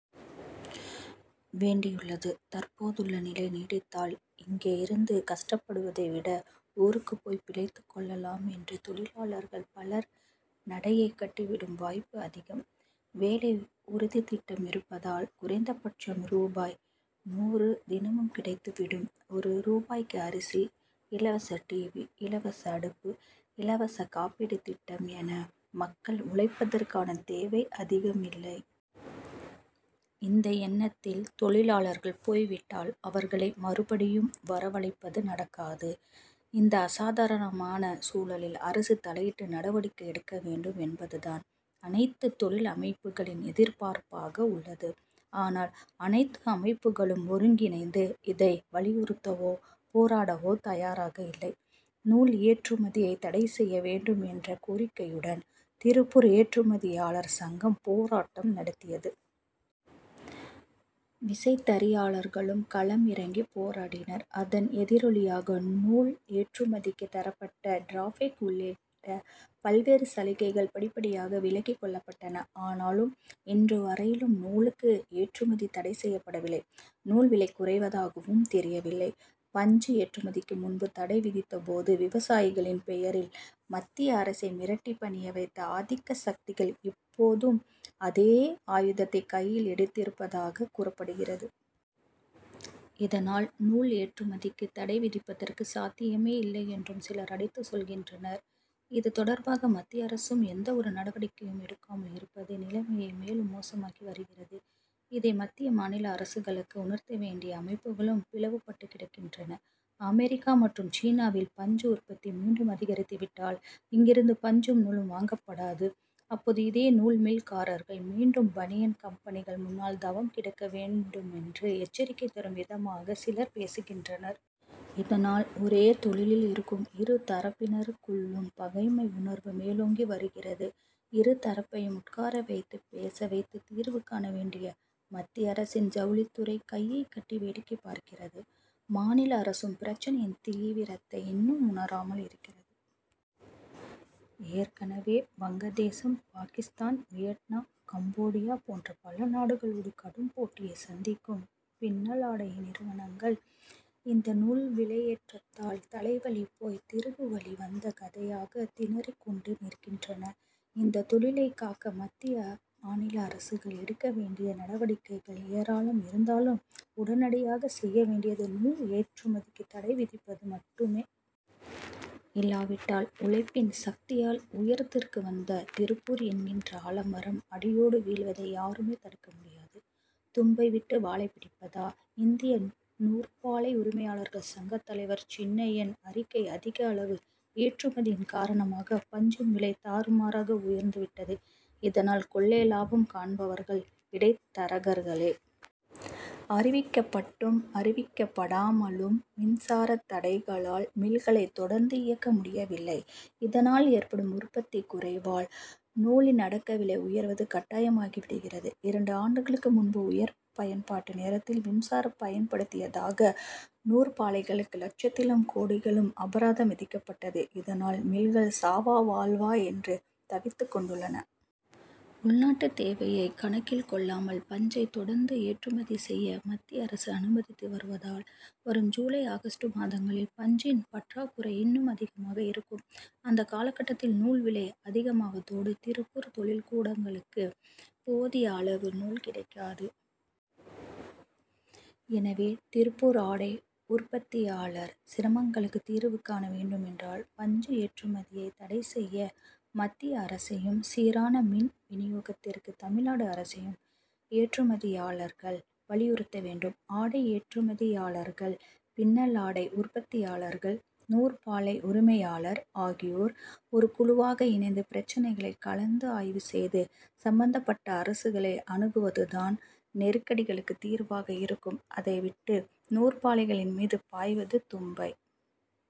வேண்டியுள்ளது. தற்போதுள்ள நிலை நீடித்தால், இங்கேயிருந்து கஷ்டப்படுவதை விட, ஊருக்குப் போய் பிழைத்துக் கொள்ளலாம் என்று தொழிலாளர்கள் பலர் நடையைக் கட்டி விடும் வாய்ப்பு அதிகம். வேலை உறுதித் திட்டம் இருப்பதால், குறைந்தபட்சம் ரூபாய் நூறு தினமும் கிடைத்து விடும். ஒரு ரூபாய்க்கு அரிசி, இலவச டிவி, இலவச அடுப்பு, இலவச காப்பீட்டுத் திட்டம் என, மக்கள் உழைப்பதற்கான தேவை அதிகமில்லை. இந்த எண்ணத்தில் தொழிலாளர்கள் போய் விட்டால், அவர்களை மறுபடியும் வரவழைப்பது நடக்காது. இந்த அசாதாரணமான சூழலில் அரசு தலையிட்டு நடவடிக்கை எடுக்க வேண்டும் என்பதுதான் அனைத்து தொழில் அமைப்புகளின் எதிர்பார்ப்பாகவுள்ளது. ஆனால், அனைத்து அமைப்புகளும் ஒருங்கிணைந்து, இதை வலியுறுத்தவோ, போராடவோ தயாராகயில்லை. நூல் ஏற்றுமதியைத் தடை செய்ய வேண்டும் என்ற கோரிக்கையுடன், திருப்பூர் ஏற்றுமதியாளர் சங்கம் போராட்டம் நடத்தியது. விசைத்தறியாளர்களும் களம் இறங்கிப் போராடினர். அதன் எதிரொலியாக, நூல் ஏற்றுமதிக்கு தரப்பட்ட டிராபேக் உள்ளிட்ட பல்வேறு சலுகைகள் படிப்படியாக விலக்கிக் கொள்ளப்பட்டன. ஆனாலும், இன்று வரையிலும் நூலுக்கு ஏற்றுமதி தடை செய்யப்படவில்லை; நூல் விலை குறைவதாகவும் தெரியவில்லை. பஞ்சு ஏற்றுமதிக்கு முன்பு தடை விதித்தபோது, விவசாயிகளின் பெயரில் மத்திய அரசை மிரட்டிப் பணிய வைத்த ஆதிக்க சக்திகள், இப்போதும் அதே ஆயுதத்தைக் கையில் எடுத்திருப்பதாகக் கூறப்படுகிறது. இதனால், நூல் ஏற்றுமதிக்கு தடை விதிப்பதற்கு சாத்தியமேயில்லை என்றும் சிலர் அடித்துச் சொல்கின்றனர். இது தொடர்பாக மத்திய அரசும் எந்த ஒரு நடவடிக்கையும் எடுக்காமல் இருப்பது, நிலைமையை மேலும் மோசமாக்கி வருகிறது. இதை மத்திய, மாநில அரசுகளுக்கு உணர்த்தவேண்டிய அமைப்புகளும் பிளவு பட்டுக்கிடக்கின்றன. அமெரிக்கா மற்றும் சீனாவில் பஞ்சு உற்பத்தி மீண்டும் அதிகரித்து விட்டால், இங்கிருந்து பஞ்சும், நூலும் வாங்கப்படாது, அப்போது இதே நூல் மில்காரர்கள் மீண்டும் பனியன் கம்பெனிகள் முன்னால் தவம் கிடக்க வேண்டுமென்று எச்சரிக்கை தரும் விதமாக சிலர் பேசுகின்றனர். இதனால், ஒரே தொழிலில் இருக்கும் இரு தரப்பினருக்குள்ளும் பகைமை உணர்வு மேலோங்கி வருகிறது. இரு தரப்பையும் உட்கார வைத்துப் பேச வைத்து, தீர்வு காண வேண்டிய மத்திய அரசின் ஜவுளித்துறை, கையைக் கட்டி வேடிக்கை பார்க்கிறது. மாநில அரசும், பிரச்னையின் தீவிரத்தை இன்னும் உணராமல் இருக்கிறது. ஏற்கனவே, வங்கதேசம், பாகிஸ்தான், வியட்நாம், கம்போடியா போன்ற பல நாடுகளோடு கடும் போட்டியைச் சந்திக்கும் பின்னலாடை நிறுவனங்கள், இந்த நூல் விலையேற்றத்தால் தலைவலி போய் திருகுவலி வந்த கதையாக திணறிக் கொண்டு நிற்கின்றன. இந்த தொழிலைக் காக்க மத்திய, மாநில அரசுகள் எடுக்க வேண்டிய நடவடிக்கைகள் ஏராளம் இருந்தாலும், உடனடியாகச்செய்ய வேண்டியது, நூல் ஏற்றுமதிக்கு தடை விதிப்பது மட்டுமே. இல்லாவிட்டால், உழைப்பின் சக்தியால் உயரத்துக்கு வந்த திருப்பூர் என்கிற ஆலமரம், அடியோடு வீழ்வதை யாருமே தடுக்க முடியாது. தும்பை விட்டு வாலை பிடிப்பதா? இந்திய நூற்பாலை உரிமையாளர்கள் சங்க தலைவர் சின்னையன் அறிக்கைஅதிக அளவு ஏற்றுமதியின் காரணமாக பஞ்சின் விலை தாறுமாறாக உயர்ந்து விட்டது. இதனால், கொள்ளை லாபம் காண்பவர்கள் இடைத்தரகர்களே. அறிவிக்கப்பட்டும், அறிவிக்கப்படாமலும் மின்சார தடைகளால் மில்களை தொடர்ந்து இயக்க முடியவில்லை. இதனால் ஏற்படும் உற்பத்தி குறைவால், நூலின் அடக்க விலை உயர்வது கட்டாயமாகி விடுகிறது. இரண்டு ஆண்டுகளுக்கு முன்பு உயர் பயன்பாட்டு நேரத்தில் மின்சாரம் பயன்படுத்தியதாக நூற்பாலைகளுக்கு லட்சத்திலும், கோடிகளிலும் அபராதம் விதிக்கப்பட்டது. இதனால் மில்கள் சாவா, வாழ்வா என்று தவித்துக் கொண்டுள்ளன. உள்நாட்டு தேவையை கணக்கில் கொள்ளாமல், பஞ்சை தொடர்ந்து ஏற்றுமதி செய்ய மத்திய அரசு அனுமதித்து வருவதால், வரும் ஜூலை, ஆகஸ்ட் மாதங்களில் பஞ்சின் பற்றாக்குறை இன்னும் அதிகமாக இருக்கும். அந்த காலகட்டத்தில் நூல் விலை அதிகமாவதோடு, திருப்பூர் தொழில் கூடங்களுக்கு போதிய அளவு நூல் கிடைக்காது. எனவே, திருப்பூர் ஆடை உற்பத்தியாளர் சிரமங்களுக்கு தீர்வு காண வேண்டுமென்றால் பஞ்சு ஏற்றுமதியை தடை செய்ய மத்திய அரசையும், சீரான மின் விநியோகத்திற்கு தமிழ்நாடு அரசையும் ஏற்றுமதியாளர்கள் வலியுறுத்த வேண்டும். ஆடை ஏற்றுமதியாளர்கள், பின்னலாடை உற்பத்தியாளர்கள், நூற்பாலை உரிமையாளர் ஆகியோர் ஒரு குழுவாக இணைந்து பிரச்னைகளை கலந்து ஆய்வு செய்து சம்பந்தப்பட்ட அரசுகளை அணுகுவதுதான் நெருக்கடிகளுக்கு தீர்வாக இருக்கும். அதை விட்டு நூற்பாலைகளின் மீது பாய்வது தும்பை